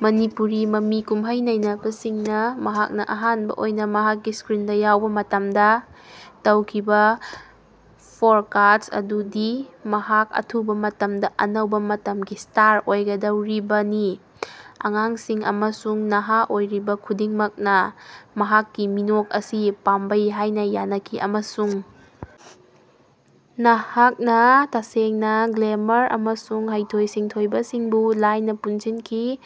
ꯃꯅꯤꯄꯨꯔꯤ ꯃꯃꯤ ꯀꯨꯝꯍꯩ ꯅꯩꯅꯕꯁꯤꯡꯅ ꯃꯍꯥꯛꯅ ꯑꯍꯥꯟꯕ ꯑꯣꯏꯅ ꯃꯍꯥꯛꯀꯤ ꯁ꯭ꯀ꯭ꯔꯤꯟꯗ ꯌꯥꯎꯕ ꯃꯇꯝꯗ ꯇꯧꯈꯤꯕ ꯐꯣꯔꯀꯥꯁꯠ ꯑꯗꯨꯗꯤ ꯃꯍꯥꯛ ꯑꯊꯨꯕ ꯃꯇꯝꯗ ꯑꯅꯧꯕ ꯃꯇꯝꯒꯤ ꯁ꯭ꯇꯥꯔ ꯑꯣꯏꯒꯗꯧꯔꯤꯕꯅꯤ꯫ ꯑꯉꯥꯡꯁꯤꯡ ꯑꯃꯁꯨꯡ ꯅꯍꯥ ꯑꯣꯏꯔꯤꯕ ꯈꯨꯗꯤꯡꯃꯛꯅ ꯃꯍꯥꯛꯀꯤ ꯃꯤꯅꯣꯛ ꯑꯁꯤ ꯄꯥꯝꯕꯩ ꯍꯥꯏꯅ ꯌꯥꯅꯈꯤ ꯑꯃꯁꯨꯡ ꯅꯍꯥꯛꯅ ꯇꯁꯦꯡꯅ ꯒ꯭ꯂꯦꯃꯔ ꯑꯃꯁꯨꯡ ꯍꯩꯊꯣꯏ-ꯁꯤꯡꯊꯣꯏꯕꯁꯤꯡꯕꯨ ꯂꯥꯏꯅ ꯄꯨꯟꯁꯤꯟꯈꯤ꯫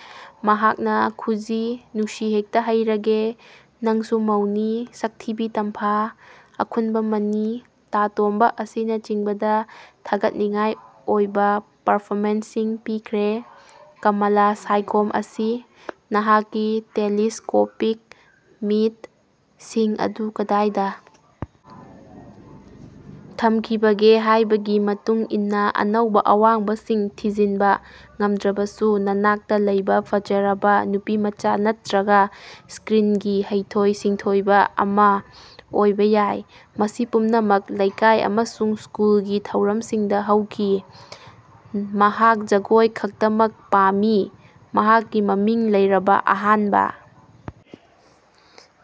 ꯃꯍꯥꯛꯅ ꯈꯨꯖꯤ, ꯅꯨꯡꯁꯤ ꯍꯦꯛꯇꯥ ꯍꯩꯔꯥꯒꯦ, ꯅꯪꯁꯨ ꯃꯧꯅꯤ, ꯁꯛꯊꯤꯕꯤ ꯇꯝꯐꯥ, ꯑꯈꯨꯟꯕꯥ ꯃꯅꯤ, ꯇꯥ ꯇꯣꯝꯕꯥ ꯑꯁꯤꯅꯆꯤꯡꯕꯗ ꯊꯥꯒꯠꯅꯤꯡꯉꯥꯏ ꯑꯣꯏꯕ ꯄꯔꯐꯣꯃꯦꯟꯁꯁꯤꯡ ꯄꯤꯈ꯭ꯔꯦ꯫ ꯀꯃꯂꯥ ꯁꯥꯏꯈꯣꯝ ꯑꯁꯤ ꯅꯍꯥꯛꯀꯤ ꯇꯦꯂꯤꯁ꯭ꯀꯣꯄꯤꯛ ꯃꯤꯠ(ꯁꯤꯡ) ꯑꯗꯨ ꯀꯗꯥꯏꯗ ꯊꯝꯈꯤꯕꯒꯦ ꯍꯥꯏꯕꯒꯤ ꯃꯇꯨꯡ ꯏꯟꯅ ꯑꯅꯧꯕ ꯑꯋꯥꯡꯕꯁꯤꯡ ꯊꯤꯖꯤꯟꯕ ꯉꯝꯗ꯭ꯔꯕꯁꯨ ꯅꯅꯥꯛꯇ ꯂꯩꯕ ꯐꯖꯔꯕ ꯅꯨꯄꯤꯃꯆꯥ ꯅꯠꯇ꯭ꯔꯒ ꯁ꯭ꯀ꯭ꯔꯤꯟꯒꯤ ꯍꯩꯊꯣꯏ-ꯁꯤꯡꯊꯣꯏꯕ ꯑꯃ ꯑꯣꯏꯕ ꯌꯥꯏ꯫ ꯃꯁꯤ ꯄꯨꯝꯅꯃꯛ ꯂꯩꯀꯥꯏ ꯑꯃꯁꯨꯡ ꯁ꯭ꯀꯨꯜꯒꯤ ꯊꯧꯔꯝꯁꯤꯡꯗ ꯍꯧꯈꯤ꯫ ꯃꯍꯥꯛ ꯖꯒꯣꯏ ꯈꯛꯇꯃꯛ ꯄꯥꯝꯃꯤ꯫ ꯃꯍꯥꯛꯀꯤ ꯃꯃꯤꯡ ꯂꯩꯔꯕ ꯑꯍꯥꯟꯕ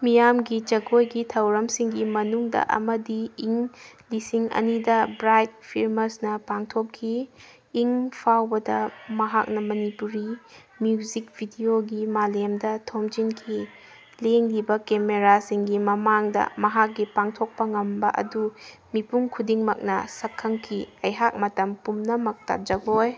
ꯃꯤꯌꯥꯝꯒꯤ ꯖꯒꯣꯏꯒꯤ ꯊꯧꯔꯝꯁꯤꯡꯒꯤ ꯃꯅꯨꯡꯗ ꯑꯃꯗꯤ ꯏꯪ ꯂꯤꯁꯤꯡ ꯑꯅꯤꯗ ꯕ꯭ꯔꯥꯏꯠ ꯐꯤꯜꯃ꯭ꯁꯅ ꯄꯥꯡꯊꯣꯛꯈꯤ꯫ ꯏꯪ ꯐꯥꯎꯕꯗ ꯃꯍꯥꯛꯅ ꯃꯅꯤꯄꯨꯔꯤ ꯃ꯭ꯌꯨꯖꯤꯛ ꯚꯤꯗꯤꯑꯣꯒꯤ ꯃꯥꯂꯦꯝꯗ ꯊꯣꯝꯖꯤꯟꯈꯤ꯫ ꯂꯦꯡꯂꯤꯕ ꯀꯦꯃꯦꯔꯥꯁꯤꯡꯒꯤ ꯃꯃꯥꯡꯗ ꯃꯍꯥꯛꯀꯤ ꯄꯥꯡꯊꯣꯛꯄ ꯉꯝꯕ ꯑꯗꯨ ꯃꯤꯄꯨꯝ ꯈꯨꯗꯤꯡꯃꯛꯅ ꯁꯛꯈꯪꯈꯤ꯫ ꯑꯩꯍꯥꯛ ꯃꯇꯝ ꯄꯨꯝꯅꯃꯛꯇ ꯖꯒꯣꯏ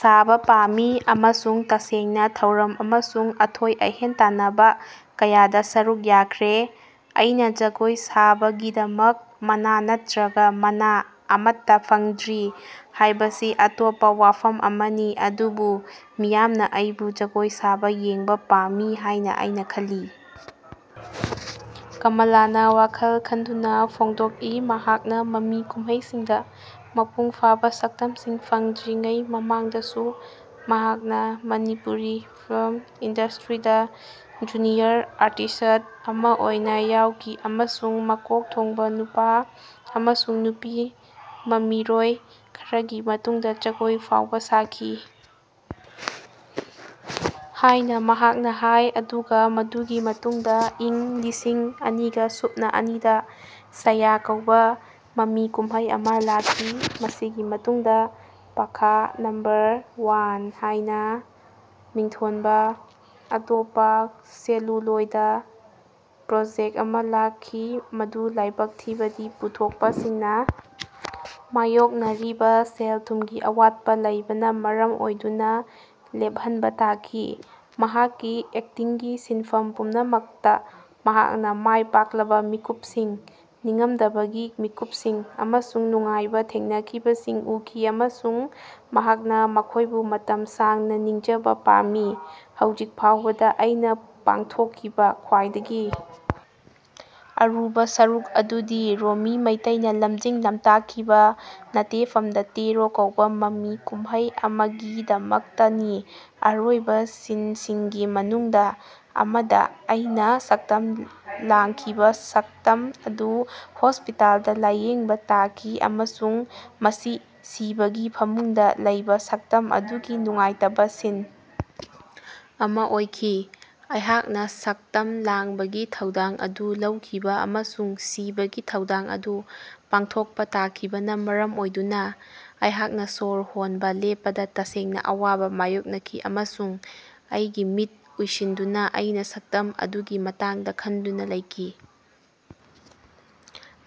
ꯁꯥꯕ ꯄꯥꯝꯃꯤ ꯑꯃꯁꯨꯡ ꯇꯁꯦꯡꯅ ꯊꯧꯔꯝ ꯑꯃꯁꯨꯡ ꯑꯊꯣꯏ-ꯑꯍꯦꯟ ꯇꯥꯟꯅꯕ ꯀꯌꯥꯗ ꯁꯔꯨꯛ ꯌꯥꯈ꯭ꯔꯦ꯫ ꯑꯩꯅ ꯖꯒꯣꯏ ꯁꯥꯕꯒꯤꯗꯃꯛ ꯃꯅꯥ ꯅꯠꯇ꯭ꯔꯒ ꯃꯅꯥ ꯑꯃꯠꯇ ꯐꯪꯗ꯭ꯔꯤ ꯍꯥꯏꯕꯁꯤ ꯑꯇꯣꯞꯄ ꯋꯥꯐꯝ ꯑꯃꯅꯤ꯫ ꯑꯗꯨꯕꯨ ꯃꯤꯌꯥꯝꯅ ꯑꯩꯕꯨ ꯖꯒꯣꯏ ꯁꯥꯕ ꯌꯦꯡꯕ ꯄꯥꯝꯃꯤ ꯍꯥꯏꯅ ꯑꯩꯅ ꯈꯜꯂꯤ"꯫ ꯀꯃꯂꯥꯅ ꯋꯥꯈꯜ ꯈꯟꯗꯨꯅ ꯐꯣꯡꯗꯣꯛꯏ꯫ ꯃꯍꯥꯛꯅ ꯃꯃꯤ ꯀꯨꯝꯍꯩꯁꯤꯡꯗ ꯃꯄꯨꯡ ꯐꯥꯕ ꯁꯛꯇꯝꯁꯤꯡ ꯐꯪꯗ꯭ꯔꯤꯉꯩ ꯃꯃꯥꯡꯗꯁꯨ ꯃꯍꯥꯛꯅ ꯃꯅꯤꯄꯨꯔꯤ ꯐꯤꯜ꯭ꯃ ꯏꯟꯗꯁꯇ꯭ꯔꯤꯗ ꯖꯨꯅꯤꯌꯔ ꯑꯥꯔꯇꯤꯁꯠ ꯑꯃꯥ ꯑꯣꯏꯅ ꯌꯥꯎꯈꯤ ꯑꯃꯁꯨꯡ ꯃꯀꯣꯛ ꯊꯣꯡꯕ ꯅꯨꯄꯥ ꯑꯃꯁꯨꯡ ꯅꯨꯄꯤ ꯃꯃꯤꯔꯣꯏ ꯈꯔꯒꯤ ꯃꯇꯨꯡꯗ ꯖꯒꯣꯏ ꯐꯥꯎꯕ ꯁꯥꯈꯤ ꯍꯥꯏꯅ ꯃꯍꯥꯛꯅ ꯍꯥꯏ꯫ ꯑꯗꯨꯒ ꯃꯗꯨꯒꯤ ꯃꯇꯨꯡꯗ ꯏꯪ ꯂꯤꯁꯤꯡ ꯑꯅꯤꯒ ꯁꯨꯞꯅ ꯑꯅꯤꯗ ꯁꯥꯌꯥ ꯀꯧꯕ ꯃꯃꯤ ꯀꯨꯝꯍꯩ ꯑꯃ ꯂꯥꯛꯈꯤ꯫ ꯃꯁꯤꯒꯤ ꯃꯇꯨꯡꯗ ꯄꯥꯈꯥꯅꯝꯕꯔ ꯋꯥꯟ ꯍꯥꯏꯅ ꯃꯤꯡꯊꯣꯟꯕ ꯑꯇꯣꯞꯄ ꯁꯦꯂꯨꯂꯣꯏꯗ ꯄ꯭ꯔꯣꯖꯦꯛ ꯑꯃ ꯂꯥꯛꯈꯤ, ꯃꯗꯨ ꯂꯥꯏꯕꯛ ꯊꯤꯕꯗꯤ ꯄꯨꯊꯣꯛꯄꯁꯤꯡꯅ ꯃꯥꯌꯣꯛꯅꯔꯤꯕ ꯁꯦꯜ-ꯊꯨꯝꯒꯤ ꯑꯋꯥꯠꯄ ꯂꯩꯕꯅ ꯃꯔꯝ ꯑꯣꯏꯗꯨꯅ ꯂꯦꯞꯍꯟꯕ ꯇꯥꯈꯤ꯫ ꯃꯍꯥꯛꯀꯤ ꯑꯦꯛꯇꯤꯡꯒꯤ ꯁꯤꯟꯐꯝ ꯄꯨꯝꯅꯃꯛꯇ, ꯃꯍꯥꯛꯅ ꯃꯥꯏꯄꯥꯛꯂꯕ ꯃꯤꯀꯨꯞꯁꯤꯡ, ꯅꯤꯡꯉꯝꯗꯕꯒꯤ ꯃꯤꯀꯨꯞꯁꯤꯡ ꯑꯃꯁꯨꯡ ꯅꯨꯡꯉꯥꯏꯕ ꯊꯦꯡꯅꯈꯤꯕꯁꯤꯡ ꯎꯈꯤ ꯑꯃꯁꯨꯡ ꯃꯍꯥꯛꯅ ꯃꯈꯣꯏꯕꯨ ꯃꯇꯝ ꯁꯥꯡꯅ ꯅꯤꯡꯖꯕ ꯄꯥꯝꯃꯤ꯫ ꯍꯧꯖꯤꯛ ꯐꯥꯎꯕꯗ ꯑꯩꯅ ꯄꯥꯡꯊꯣꯛꯈꯤꯕ ꯈ꯭ꯋꯥꯏꯗꯒꯤ ꯑꯔꯨꯕ ꯁꯔꯨꯛ ꯑꯗꯨꯗꯤ ꯔꯣꯃꯤ ꯃꯩꯇꯩꯅ ꯂꯝꯖꯤꯡ-ꯂꯝꯇꯥꯛꯈꯤꯕ "ꯅꯥꯇꯦꯐꯝꯗꯥ ꯇꯦꯔꯣ" ꯀꯧꯕ ꯃꯃꯤ ꯀꯨꯝꯍꯩ ꯑꯃꯒꯤꯗꯃꯛꯇꯅꯤ꯫ ꯑꯔꯣꯏꯕ ꯁꯤꯟꯁꯤꯡꯒꯤ ꯃꯅꯨꯡꯗ ꯑꯃꯗ, ꯑꯩꯅ ꯁꯛꯇꯝ ꯂꯥꯡꯈꯤꯕ ꯁꯛꯇꯝ ꯑꯗꯨ ꯍꯣꯁꯄꯤꯇꯥꯜꯗ ꯂꯥꯌꯦꯡꯕ ꯇꯥꯈꯤ ꯑꯃꯁꯨꯡ ꯃꯁꯤ ꯁꯤꯕꯒꯤ ꯐꯃꯨꯡꯗ ꯂꯩꯕ ꯁꯛꯇꯝ ꯑꯗꯨꯒꯤ ꯅꯨꯡꯉꯥꯏꯇꯕ ꯁꯤꯟ ꯑꯃ ꯑꯣꯏꯈꯤ꯫ ꯑꯩꯍꯥꯛꯅ ꯁꯛꯇꯝ ꯂꯥꯡꯕꯒꯤ ꯊꯧꯗꯥꯡ ꯑꯗꯨ ꯂꯧꯈꯤꯕ ꯑꯃꯁꯨꯡ ꯁꯤꯕꯒꯤ ꯊꯧꯗꯥꯡ ꯑꯗꯨ ꯄꯥꯡꯊꯣꯛꯄ ꯇꯥꯈꯤꯕꯅ ꯃꯔꯝ ꯑꯣꯏꯗꯨꯅ, ꯑꯩꯍꯥꯛꯅ ꯁꯣꯔ ꯍꯣꯟꯕ ꯂꯦꯞꯄꯗ ꯇꯁꯦꯡꯅ ꯑꯋꯥꯕ ꯃꯥꯌꯣꯛꯅꯈꯤ ꯑꯃꯁꯨꯡ ꯑꯩꯒꯤ ꯃꯤꯠ ꯎꯏꯁꯤꯟꯗꯨꯅ ꯑꯩꯅ ꯁꯛꯇꯝ ꯑꯗꯨꯒꯤ ꯃꯇꯥꯡꯗ ꯈꯟꯗꯨꯅ ꯂꯩꯈꯤ꯫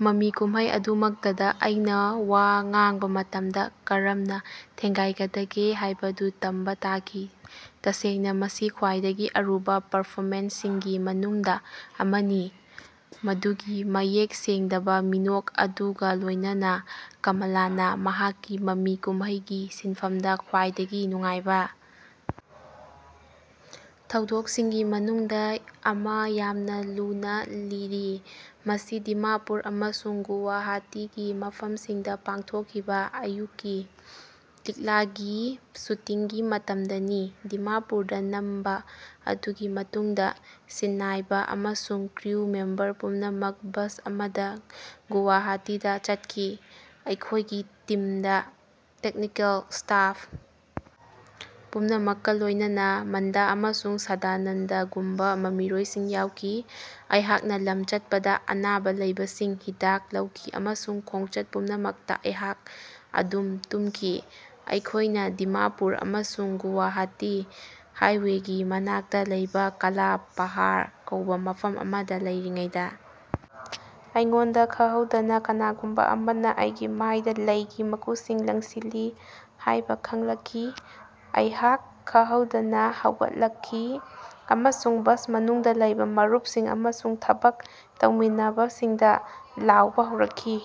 ꯃꯃꯤ ꯀꯨꯝꯍꯩ ꯑꯗꯨꯃꯛꯇꯗ ꯑꯩꯅ ꯋꯥ ꯉꯥꯡꯕ ꯃꯇꯝꯗ ꯀꯔꯝꯅ ꯊꯦꯡꯒꯥꯏꯒꯗꯒꯦ ꯍꯥꯏꯕꯗꯨ ꯇꯝꯕ ꯇꯥꯈꯤ꯫ ꯇꯁꯦꯡꯅ ꯃꯁꯤ ꯈ꯭ꯋꯥꯏꯗꯒꯤ ꯑꯔꯨꯕ ꯄꯔꯐꯣꯃꯦꯟꯁꯁꯤꯡꯒꯤ ꯃꯅꯨꯡꯗ ꯑꯃꯅꯤ ꯫ ꯃꯗꯨꯒꯤ ꯃꯌꯦꯛ ꯁꯦꯡꯗꯕ ꯃꯤꯅꯣꯛ ꯑꯗꯨꯒ ꯂꯣꯏꯅꯅ, ꯀꯃꯂꯥꯅ ꯃꯍꯥꯛꯀꯤ ꯃꯃꯤ ꯀꯨꯝꯍꯩꯒꯤ ꯁꯤꯟꯐꯝꯗ ꯈ꯭ꯋꯥꯏꯗꯒꯤ ꯅꯨꯡꯉꯥꯏꯕ ꯊꯧꯗꯣꯛꯁꯤꯡꯒꯤ ꯃꯅꯨꯡꯗ ꯑꯃ ꯌꯥꯝꯅ ꯂꯨꯅ ꯂꯤꯔꯤ꯫ "ꯃꯁꯤ ꯗꯤꯃꯥꯄꯨꯔ ꯑꯃꯁꯨꯡ ꯒꯨꯋꯥꯍꯥꯇꯤꯒꯤ ꯃꯐꯝꯁꯤꯡꯗ ꯄꯥꯡꯊꯣꯛꯈꯤꯕ ꯑꯥꯌꯨꯛꯀꯤ ꯂꯤꯛꯂꯥꯒꯤ ꯁꯨꯇꯤꯡꯒꯤ ꯃꯇꯝꯗꯅꯤ꯫ ꯗꯤꯃꯥꯄꯨꯔꯗ ꯅꯝꯕ ꯑꯗꯨꯒꯤ ꯃꯇꯨꯡꯗ ꯁꯤꯟꯅꯥꯏꯕ ꯑꯃꯁꯨꯡ ꯀ꯭ꯔꯨ ꯃꯦꯝꯕꯔ ꯄꯨꯝꯅꯃꯛ ꯕꯁ ꯑꯃꯗ ꯒꯨꯋꯥꯍꯥꯇꯤꯗ ꯆꯠꯈꯤ꯫ ꯑꯩꯈꯣꯏꯒꯤ ꯇꯤꯝꯗ ꯇꯦꯛꯅꯤꯀꯦꯜ ꯁ꯭ꯇꯥꯐ ꯄꯨꯝꯅꯃꯛꯀ ꯂꯣꯏꯅꯅ ꯃꯟꯗꯥ ꯑꯃꯁꯨꯡ ꯁꯗꯥꯅꯟꯗꯒꯨꯝꯕ ꯃꯃꯤꯔꯣꯏꯁꯤꯡ ꯌꯥꯎꯈꯤ꯫ ꯑꯩꯍꯥꯛꯅ ꯂꯝ ꯆꯠꯄꯗ ꯑꯅꯥꯕ ꯂꯩꯕꯁꯤꯡ ꯍꯤꯗꯥꯛ ꯂꯧꯈꯤ ꯑꯃꯁꯨꯡ ꯈꯣꯡꯆꯠ ꯄꯨꯝꯅꯃꯛꯇ ꯑꯩꯍꯥꯛ ꯑꯗꯨꯝ ꯇꯨꯝꯈꯤ꯫ ꯑꯩꯈꯣꯏꯅ ꯗꯤꯃꯥꯄꯨꯔ ꯑꯃꯁꯨꯡ ꯒꯨꯋꯥꯍꯥꯇꯤ ꯍꯥꯏꯋꯦꯒꯤ ꯃꯅꯥꯛꯇ ꯂꯩꯕ ꯀꯥꯂꯥ ꯄꯍꯥꯔ ꯀꯧꯕ ꯃꯐꯝ ꯑꯃꯗ ꯂꯩꯔꯤꯉꯩꯗ ꯑꯩꯉꯣꯟꯗ ꯈꯡꯍꯧꯗꯅ ꯀꯅꯥꯒꯨꯝꯕ ꯑꯃꯅ ꯑꯩꯒꯤ ꯃꯥꯏꯗ ꯂꯩꯒꯤ ꯃꯀꯨꯁꯤꯡ ꯂꯪꯁꯤꯜꯂꯤ ꯍꯥꯏꯕ ꯈꯪꯂꯛꯈꯤ, ꯑꯩꯍꯥꯛ ꯈꯍꯧꯗꯅ ꯍꯧꯒꯠꯂꯛꯈꯤ ꯑꯃꯁꯨꯡ ꯕꯁ ꯃꯅꯨꯡꯗ ꯂꯩꯕ ꯃꯔꯨꯞꯁꯤꯡ ꯑꯃꯁꯨꯡ ꯊꯕꯛ ꯇꯧꯃꯤꯟꯅꯕꯁꯤꯡꯗ ꯂꯥꯎꯕ ꯍꯧꯔꯛꯈꯤ꯫